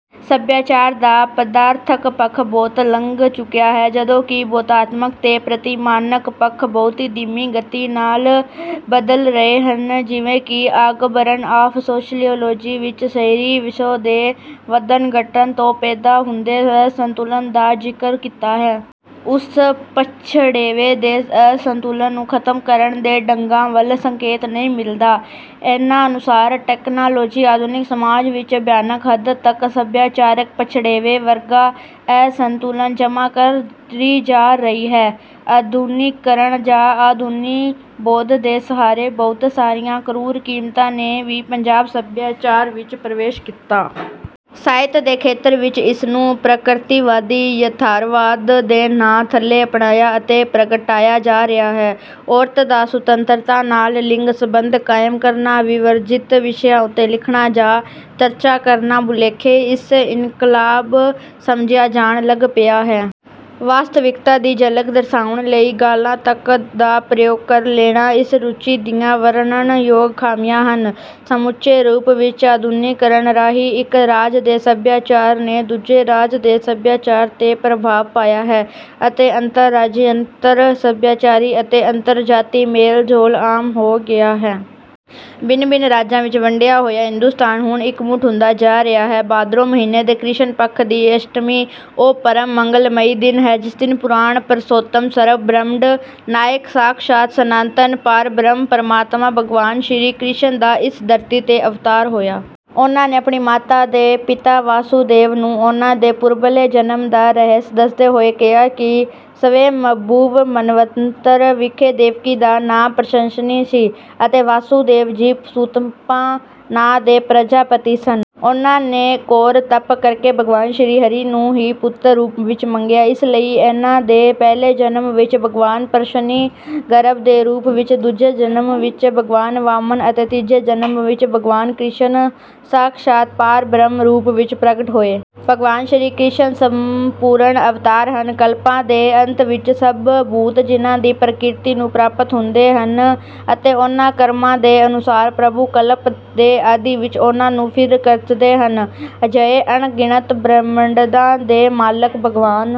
ਸਭਿਆਚਾਰ ਦਾ ਪਦਾਰਥਕ ਪੱਖ ਬਹੁਤ ਅੱਗੇ ਲੰਘ ਚੁੱਕਿਆ ਹੈ। ਜਦੋਂ ਕਿ ਬੋਧਾਤਮਕ ਤੇ ਪ੍ਰਤਿਮਾਨਕ ਪੱਖ ਬਹੁਤ ਹੀ ਧੀਮੀ ਗਤੀ ਨਾਲ ਬਦਲ ਰਹੇ ਹਨ। ਜਿਵੇਂ ਕਿ ਆਗਬਰਨ ਆਫ ਸੋਸ਼ਿਅਲੋਜੀ ਵਿੱਚ ਸ਼ਹਿਰੀ ਵਸੋਂ ਦੇ ਵੱਧਣ-ਘੱਟਣ ਤੋਂ ਪੈਦਾ ਹੁੰਦੇ ਅਸੰਤੁਲਨ ਦਾ ਜ਼ਿਕਰ ਕੀਤਾ ਹੈ। ਉਸ ਪਛੜੇਵੇਂ ਦੇ ਅਸੰਤੁਲਨ ਨੂੰ ਖਤਮ ਕਰਨ ਦੇ ਢੰਗਾਂ ਵੱਲ ਸੰਕੇਤ ਨਹੀਂ ਮਿਲਦਾ। ਇਨ੍ਹਾਂ ਅਨੁਸਾਰ ਟਕਨਾਲੋਜੀ ਆਧੁਨਿਕ ਸਮਾਜ ਵਿੱਚ ਭਿਆਨਕ ਹੱਦ ਤੱਕ ਸਭਿਆਚਾਰਕ ਪਛੜੇਵੇਂ ਵਰਗਾ ਅਸੰਤੁਲਨ ਜਮ੍ਹਾਂ ਕਰੀ ਜਾ ਰਹੀ ਹੈ। ਆਧੁਨਿਕੀਕਰਨ ਜਾਂ ਆਧੁਨਿਕੀ ਬੋਧ ਦੇ ਸਹਾਰੇ ਬਹੁਤ ਸਾਰੀਆਂ ਕਰੂਰ ਕੀਮਤਾਂ ਨੇ ਵੀ ਪੰਜਾਬੀ ਸਭਿਆਚਾਰ ਵਿੱਚ ਪ੍ਰਵੇਸ਼ ਕੀਤਾ। ਸਾਹਿਤ ਦੇ ਖੇਤਰ ਵਿੱਚ ਇਸਨੂੰ ਪ੍ਰਕਿਰਤੀਵਾਦੀ ਯਥਾਰਥਵਾਦ ਦੇ ਨਾਂ ਥੱਲੇ ਅਪਣਾਇਆ ਅਤੇ ਪ੍ਰਗਟਾਇਆ ਜਾ ਰਿਹਾ ਹੈ। ਔਰਤ ਦਾ ਸੁਤੰਤਰਤਾ ਨਾਲ ਲਿੰਗ ਸੰਬੰਧ ਕਾਇਮ ਕਰਨਾ। ਵਿਵਰਜੀਤ ਵਿਸ਼ਿਆ ਉੱਤੇ ਲਿਖਣਾ ਜਾਂ ਚਰਚਾ ਕਰਨਾ ਭੁਲੇਖੇ ਵਸ ਇਨਕਲਾਬ ਸਮਝਿਆ ਜਾਣ ਲੱਗ ਪਿਆ ਹੈ। ਵਾਸਤਵਿਕਤਾ ਦੀ ਝਲਕ ਦਰਸਾਉਣ ਲਈ ਗਾਲਾਂ ਤੱਕ ਦਾ ਪ੍ਰਯੋਗ ਕਰ ਲੈਣਾ ਇਸ ਰੁਚੀ ਦੀਆਂ ਵਰਣਨ ਯੋਗ ਖਾਮੀਆਂ ਹਨ। ਸਮੁੱਚੇ ਰੂਪ ਵਿੱਚ ਆਧੁਨਿਕੀਕਰਨ ਰਾਹੀਂ ਇੱਕ ਰਾਜ ਦੇ ਸਭਿਆਚਾਰ ਨੇ ਦੂਜੇ ਰਾਜ ਦੇ ਸਭਿਆਚਾਰ ਤੇ ਪ੍ਰਭਾਵ ਪਾਇਆ ਹੈ ਅਤੇ ਅੰਤਰ-ਰਾਜੀ ਅੰਤਰ-ਸਭਿਆਚਾਰੀ ਅਤੇ ਅੰਤਰ-ਜਾਤੀ ਮੇਲ-ਜੋਲ ਆਮ ਹੋ ਗਿਆ ਹੈ। ਭਿੰਨ-ਭਿੰਨ ਰਾਜਾਂ ਵਿੱਚ ਵੰਡਿਆ ਹੋਇਆ ਹਿੰਦੁਸਤਾਨ ਹੁਣ ਇੱਕਮੁੱਠ ਹੁੰਦਾ ਜਾ ਰਿਹਾ ਹੈ। ਭਾਦਰੋਂ ਮਹੀਨੇ ਦੇ ਕ੍ਰਿਸ਼ਨ ਪੱਖ ਦੀ ਅਸ਼ਟਮੀ ਉਹ ਪਰਮ ਮੰਗਲਮਈ ਦਿਨ ਹੈ। ਜਿਸ ਦਿਨ ਪੁਰਾਣ ਪ੍ਰਸ਼ੋਤਮ ਸਰਬ ਬ੍ਰਹਿਮੰਡ ਨਾਇਕ ਸਾਖਸ਼ਾਤ ਸਨਾਤਨ ਪਾਰਬ੍ਰਹਮ ਪ੍ਰਮਾਤਮਾ ਭਗਵਾਨ ਸ਼੍ਰੀ ਕ੍ਰਿਸ਼ਨ ਦਾ ਇਸ ਧਰਤੀ ਤੇ ਅਵਤਾਰ ਹੋਇਆ। ਉਨ੍ਹਾਂ ਨੇ ਆਪਣੀ ਮਾਤਾ ਤੇ ਪਿਤਾ ਵਾਸੁਦੇਵ ਨੂੰ ਉਨ੍ਹਾਂ ਦੇ ਪੂਰਬਲੇ ਜਨਮ ਦਾ ਰਹੱਸ ਦੱਸਦੇ ਹੋਏ ਕਿਹਾ ਕਿ ਸਵੈਮਭੁਵ ਮਨਵੰਤਰ ਵਿਖੇ ਦੇਵਕੀ ਦਾ ਨਾਂ ਪ੍ਰਸ਼ਨੀ ਸੀ। ਅਤੇ ਵਾਸੁਦੇਵ ਜੀ ਸੁਤਪਾ ਨਾਂ ਦੇ ਪ੍ਰਜਾਪਤੀ ਸਨ। ਉਨ੍ਹਾਂ ਨੇ ਘੋਰ ਤਪ ਕਰਕੇ ਭਗਵਾਨ ਸ਼੍ਰੀ ਹਰੀ ਨੂੰ ਹੀ ਪੁੱਤਰ ਰੂਪ ਵਿੱਚ ਮੰਗਿਆ। ਇਸ ਲਈ ਇਨ੍ਹਾਂ ਦੇ ਪਹਿਲੇ ਜਨਮ ਵਿੱਚ ਭਗਵਾਨ ਪ੍ਰਸ਼ਨੀ ਗਰਭ ਦੇ ਰੂਪ ਵਿੱਚ ਦੂਜੇ ਜਨਮ ਵਿੱਚ ਭਗਵਾਨ ਵਾਮਨ ਅਤੇ ਤੀਜੇ ਜਨਮ ਵਿੱਚ ਭਗਵਾਨ ਕ੍ਰਿਸ਼ਨ ਸਾਖਸ਼ਾਤ ਪਾਰਬ੍ਰਹਮ ਰੂਪ ਵਿੱਚ ਪ੍ਰਗਟ ਹੋਏ। ਭਗਵਾਨ ਸ਼੍ਰੀ ਕ੍ਰਿਸ਼ਨ ਸੰਪੂਰਨ ਅਵਤਾਰ ਹਨ। ਕਲਪਾਂ ਦੇ ਅੰਤ ਵਿੱਚ ਸਭ ਭੂਤ ਜਿਨ੍ਹਾਂ ਦੀ ਪ੍ਰਕਿਰਤੀ ਨੂੰ ਪ੍ਰਾਪਤ ਹੁੰਦੇ ਹਨ। ਅਤੇ ਉਨ੍ਹਾਂ ਕਰਮਾਂ ਦੇ ਅਨੁਸਾਰ ਪ੍ਰਭੂ ਕਲਪ ਦੇ ਆਦਿ ਵਿੱਚ ਉਨ੍ਹਾਂ ਨੂੰ ਫਿਰ ਰਚਦੇ ਹਨ। ਅਜਿਹੇ ਅਣਗਿਣਤ ਬ੍ਰਹਿਮੰਡਾਂ ਦੇ ਮਾਲਕ ਭਗਵਾਨ